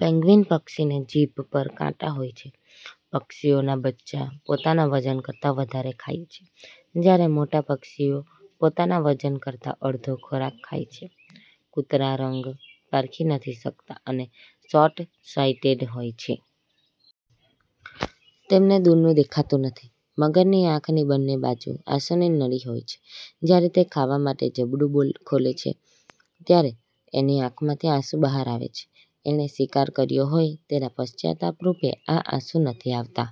Penguin પક્ષીને જીભ પર કાંટા હોય છે. પક્ષીઓનાં બચ્ચાં પોતાના વજન કરતાં વધારે ખાય છે, જ્યારે મોટાં પંખીઓ પોતાના વજન કરતાં અડધો ખોરાક ખાય છે. કૂતરાં રંગ પારખી નથી શકતાં અને 'શોર્ટ સાઈટેડ હોય છે. તેમને દૂરનું દેખાતું નથી. મગરની આંખની બન્ને બાજુ આંસુની નળી હોય છે. જ્યારે તે ખાવા માટે જડબું ખોલે છે ત્યારે એની આંખમાંથી આંસુ બહાર આવે છે. એણે શિકાર કર્યો હોય તેના પશ્ચાતાપરૂપે આ આંસુ નથી આવતાં.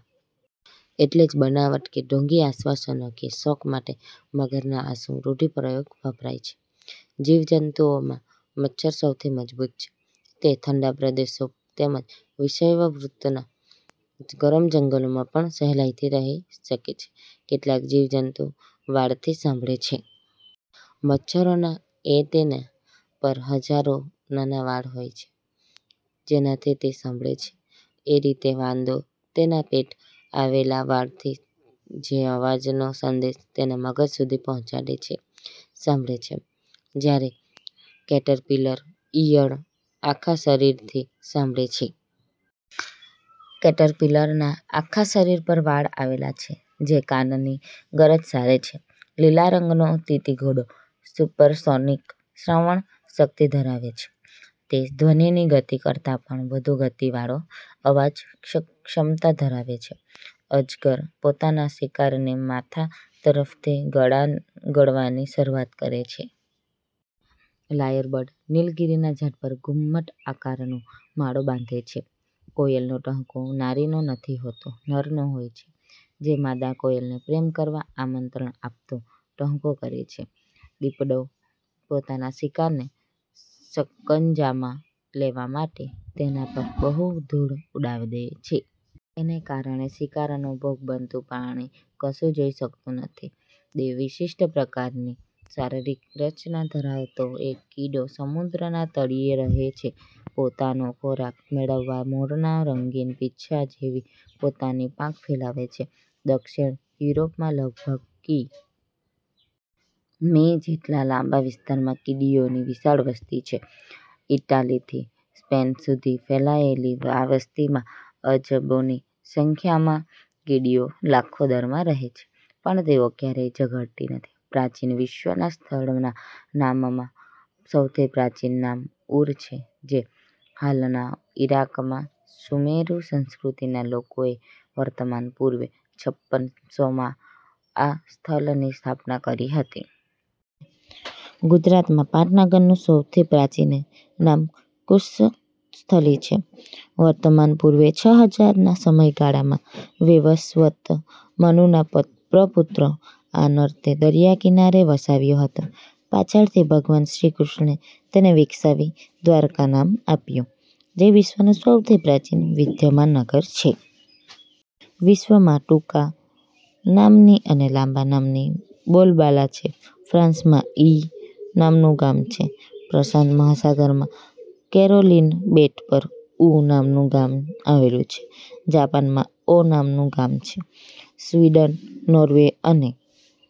એટલે જ બનાવટ કે ઢોંગી આશ્વાસન કે શોક માટે 'મગરનાં આંસુ' રૂઢિપ્રયોગ વપરાય છે. જીવજંતુઓમાં મચ્છર સૌથી મજબૂત છે. તે ઠંડા પ્રદેશો તેમજ વિષુવવૃતનાં ગરમ જંગલોમાં પણ સહેલાઈથી રહી શકે છે. કેટલાક જીવજંતુ વાળથી સાંભળે છે. મચ્છરોના એંટેના પર હજારો નાના વાળ હોય છે જેનાથી તે સાંભળે છે. એ રીતે વાંદો તેના પેટ આવેલા વાળથી, જે અવાજનો સંદેશ તેના મગજ સુધી પહોંચાડે છે, સાંભળે છે. જ્યારે કેટરપીલર ઈયળ આખા શરીરથી સાંભળે છે. કેટરપીલરના આખા શરીર પર વાળ આવેલા છે જે કાનની ગરજ સારે છે. લીલા રંગનો તીતીઘોડો સુપરસોનિક શ્રવણ શક્તિ ધરાવે છે. તે ધ્વનિની ગતિ કરતાં પણ વધુ ગતિવાળો અવાજ ક્ષમતા ધરાવે છે. અજગર પોતાના શિકારને માથા તરફથી ગળવાની શરૂઆત કરે છે. લાયર બર્ડ નિલગિરિના ઝાડ પર ઘુમ્મટ આકારનો માળો બાંધે છે. કોયલનો ટહુકો નારીનો નથી હોતો નરનો હોય છે, જે માદા કોયલને પ્રેમ કરવા આમંત્રણ આપતો ટહુકો કરે છે. દીપડો પોતાના શિકારને સકંજામાં લેવા માટે તેના પર બહુ ધૂળ ઉડાડે છે. એને કારણે શિકારનો ભોગ બનતું પ્રાણી કશું જોઈ શકતું નથી. વિશિષ્ટ પ્રકારની શરીરિક રચના ધરાવતો એક કીડો સમુદ્રના તળિયે રહે છે. પોતાનો ખોરાક મેળવવા મોરના રંગીન પીંછા જેવી પોતાની પાંખ ફેલાવે છે. દક્ષિણ યુરોપમાં લગભગ કિ. મી. જેટલા લાંબા વિસ્તારમાં કીડીઓની વિશાળ વસ્તી છે. ઈટાલીથી સ્પેન સુધી ફેલાયેલી આ વસ્તીમાં અબજોની સંખ્યામાં કીડીઓ લાખો દરમાં રહે છે. પણ તેઓ ક્યારેય ઝગડતી નથી. પ્રાચીન વિશ્વનાં સ્થળનાં નામમાં સૌથી પ્રાચીન નામ ઉર છે જે હાલના ઈરાકમાં સુમેરુ સંસ્કૃતિનાં લોકોએ વર્તમાન પૂર્વે છપ્પન સો માં આ સ્થલની સ્થાપના કરી હતી. ગુજરાતમાં પાટનગરનું સૌથી પ્રાચીનૅ નામ કુશસ્થલી છે. વર્તમાન પૂર્વે છ હજાર ના સમયગાળામાં વૈવસ્વત મનુના પ્રપુત્ર આનર્તે દરિયાકિનારે વસાવ્યું હતું. પાછળ થી ભગવાન શ્રી કૃષ્ણે તેને વિકસાવી દ્વારિકા નામ આપ્યું, જે વિશ્વનું સૌથી પ્રાચીન વિદ્યમાન નગર છે. વિશ્વમાં ટુંકા નામની અને લાંબા નામની બોલબાલાછે. ફ્રાંસમાં 'ઈ' નામનું ગામ છે. પ્રશાંત મહાસાગરમાં કેરોલિન બેટ પર 'ઉ' નામનું ગામ આવેલું છે. જાપાનમાં 'ઓ' નામનું ગામ છે. સ્વિડન, નોર્વે અને